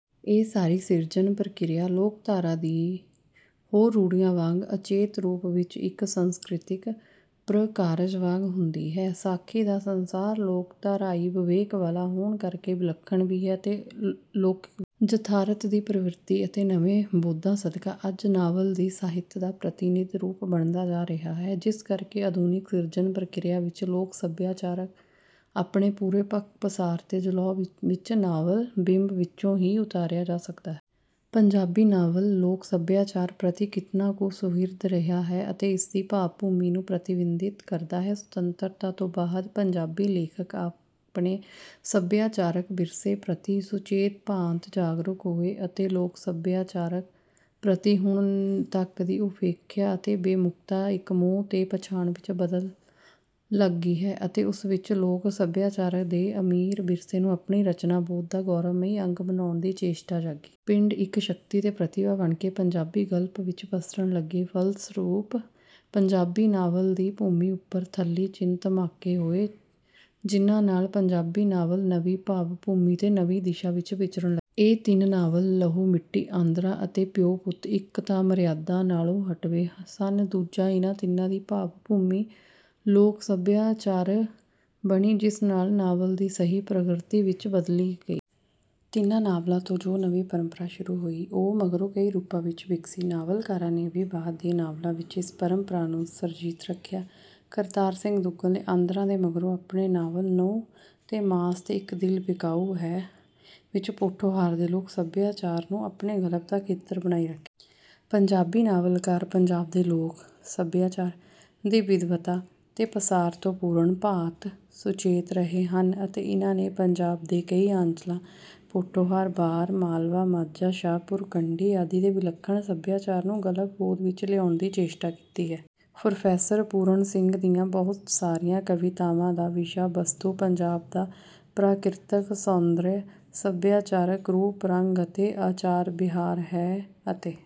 ਇਹ ਸਾਰੀ ਸਿਰਜਣ ਪ੍ਰਕਿਰਿਆ ਲੋਕ ਧਾਰਾ ਦੀਆਂ ਹੋਰ ਰੂੜ੍ਹੀਆਂ ਵਾਂਗ ਅਚੇਤ ਰੂਪ ਵਿੱਚ ਇੱਕ ਸੰਸਕ੍ਰਿਤਿਕ ਪ੍ਰਕਾਰਜ ਵਾਂਗ ਹੁੰਦੀ ਹੈ। ਸਾਖੀ ਦਾ ਸੰਸਾਰ ਲੋਕ ਧਾਰਾਈ ਵਿਵੇਕ ਵਾਲਾ ਹੋਣ ਕਰਕੇ ਵਿਲਖਣ ਵੀ ਹੈ ਤੇ ਲੋਕਿਕ ਵੀ। ਯਥਾਰਥ ਦੀ ਪ੍ਰਵਿਰਤੀ ਅਤੇ ਨਵੇਂ ਬੋਧਾਂ ਸਦਕਾ ਅੱਜ ਨਾਵਲ ਹੀ ਸਾਹਿਤ ਦਾ ਪ੍ਰਤਿਨਿਧ ਰੂਪ ਬਣਦਾ ਜਾ ਰਿਹਾ ਹੈ। ਜਿਸ ਕਰਕੇ ਆਧੁਨਿਕ ਸਿਰਜਣ ਪ੍ਰਕਿਰਿਆ ਵਿੱਚ ਲੋਕ ਸਭਿਆਚਾਰ ਆਪਣੇ ਪੂਰੇ ਪੱਖ ਪਸਾਰ ਤੇ ਜਲੌਅ ਵਿੱਚ ਨਾਵਲ ਬਿੰਬ ਵਿੱਚੋਂ ਹੀ ਉਤਾਰਿਆ ਜਾ ਸਕਦਾ ਹੈ। ਪੰਜਾਬੀ ਨਾਵਲ ਲੋਕ ਸਭਿਆਚਾਰ ਪ੍ਰਤੀ ਕਿਤਨਾ ਕੁ ਸੁਹਿਰਦ ਰਿਹਾ ਹੈ ਅਤੇ ਇਸਦੀ ਭਾਵ ਭੂਮੀ ਨੂੰ ਪ੍ਰਤਿਬਿੰਬਤ ਕਰਦਾ ਹੈ। ਸੁਤੰਤਰਤਾ ਤੋਂ ਬਾਅਦ ਪੰਜਾਬੀ ਲੇਖਕ ਆਪਣੇ ਸਭਿਆਚਾਰਕ ਵਿਰਸੇ ਪ੍ਰਤੀ ਸੁਚੇਤ ਭਾਂਤ ਜਾਗਰੂਕ ਹੋਏ ਅਤੇ ਲੋਕ ਸਭਿਆਚਾਰ ਪ੍ਰਤੀ ਹੁਣ ਤੱਕ ਦੀ ਉਪੇਖਿਆ ਤੇ ਬੇਮੁੱਖਤਾ ਇੱਕ ਮੋਹ ਤੇ ਪਛਾਣ ਵਿੱਚ ਬਦਲਣ ਲੱਗੀ ਅਤੇ ਉਸ ਵਿੱਚ ਲੋਕ ਸਭਿਆਚਾਰ ਦੇ ਅਮੀਰ ਵਿਰਸੇ ਨੂੰ ਆਪਣੀ ਰਚਨਾ ਬੋਧ ਦਾ ਗੌਰਵਮਈ ਅੰਗ ਬਨਾਉਣ ਦੀ ਚੇਸ਼ਟਾ ਜਾਗੀ। ਪਿੰਡ ਇੱਕ ਸ਼ਕਤੀ ਤੇ ਪ੍ਰਤਿਭਾ ਬਣ ਕੇ ਪੰਜਾਬੀ ਗਲਪ ਵਿੱਚ ਪਸਰਨ ਲੱਗੇ। ਫਲਸਰੂਪ ਪੰਜਾਬੀ ਨਾਵਲ ਦੀ ਭੂਮੀ ਵਿੱਚ ਉੱਪਰ ਥੱਲੀ ਚਿੰਨ ਧਮਾਕੇ ਹੋਏ। ਜਿਨ੍ਹਾਂ ਨਾਲ ਪੰਜਾਬੀ ਨਾਵਲ ਨਵੀਂ ਭਾਵ ਭੂਮੀ ਤੇ ਨਵੀਂ ਦਿਸ਼ਾ ਵਿੱਚ ਵਿਚਰਣ ਇਹ ਤਿੰਨ ਨਾਵਲ ਲਹੂ ਮਿੱਟੀ, ਆਂਦਰਾਂ ਅਤੇ ਪਿਉ ਪੁੱਤ ਇੱਕ ਤਾਂ ਮਰਿਆਦਾ ਨਾਲੋਂ ਹਟਵੇਂ ਸਨ, ਦੂਜਾ ਇਨ੍ਹਾਂ ਤਿੰਨਾਂ ਦੀ ਭਾਵ ਭੂਮੀ ਲੋਕ ਸਭਿਆਚਾਰ ਬਣੀ, ਜਿਸ ਨਾਲ ਨਾਵਲ ਦੀ ਸਹੀ ਪ੍ਰਗਤੀ ਵਿੱਚ ਬਦਲ ਗਈ। ਤਿੰਨਾਂ ਨਾਵਲਾਂ ਤੋਂ ਜੋ ਨਵੀਂ ਪਰੰਪਰਾ ਸ਼ੁਰੂ ਹੋਈ ਉਹ ਮਗਰੋਂ ਕਈ ਰੂਪਾਂ ਵਿੱਚ ਵਿਗਸੀ। ਨਾਵਲਕਾਰਾਂ ਨੇ ਵੀ ਬਾਅਦ ਦੇ ਨਾਵਲਾਂ ਵਿੱਚ ਇਸ ਪਰੰਪਰਾ ਨੂੰ ਸਰਜੀਤ ਰੱਖਿਆ। ਕਰਤਾਰ ਸਿੰਘ ਦੁੱਗਲ ਨੇ ਆਂਦਰਾਂ ਦੇ ਮਗਰੋਂ ਆਪਣੇ ਨਾਵਲ ਨਹੁੰ ਤੇ ਮਾਸ ਤੇ ਇੱਕ ਦਿਲ ਵਿਕਾਊ ਹੈ ਵਿੱਚ ਪੋਠੋਹਾਰ ਦੇ ਲੋਕ ਸਭਿਆਚਾਰ ਨੂੰ ਆਪਣੇ ਗਲਪ ਦਾ ਖੇਤਰ ਬਣਾਈ ਰੱਖਿਆ। ਪੰਜਾਬੀ ਨਾਵਲਕਾਰ ਪੰਜਾਬ ਦੇ ਲੋਕ ਸਭਿਆਚਾਰ ਦੀ ਵਿਦਵਤਾ ਤੇ ਪਸਾਰ ਤੋਂ ਪੂਰਨ ਭਾਂਤ ਸੁਚੇਤ ਰਹੇ ਹਨ ਅਤੇ ਇਨ੍ਹਾਂ ਨੇ ਪੰਜਾਬ ਦੇ ਕਈ ਆਂਚਲਾਂ ਪੋਠੋਹਾਰ, ਬਾਰ, ਮਾਲਵਾ, ਮਾਝਾ, ਸ਼ਾਹਪੁਰ ਕੰਡੀ, ਆਦਿ ਦੇ ਵਿਲੱਖਣ ਸਭਿਆਚਾਰਾਂ ਨੂੰ ਗਲਪ ਬੋਧ ਵਿੱਚ ਲਿਆਉਣ ਦੀ ਚੇਸ਼ਟਾ ਕੀਤੀ ਹੈ। ਪ੍ਰੋਫੈਸਰ ਪੂਰਨ ਸਿੰਘ ਦੀਆਂ ਬਹੁਤ ਸਾਰੀਆਂ ਕਵਿਤਾਵਾਂ ਦਾ ਵਿਸ਼ਾ ਵਸਤੂ ਪੰਜਾਬ ਦਾ ਪ੍ਰਾਕਿਰਤਕ ਸੌਂਦਰਯ, ਸਭਿਆਚਾਰਕ ਰੂਪ ਰੰਗ ਅਤੇ ਆਚਾਰ ਵਿਹਾਰ ਹੈ ਅਤੇ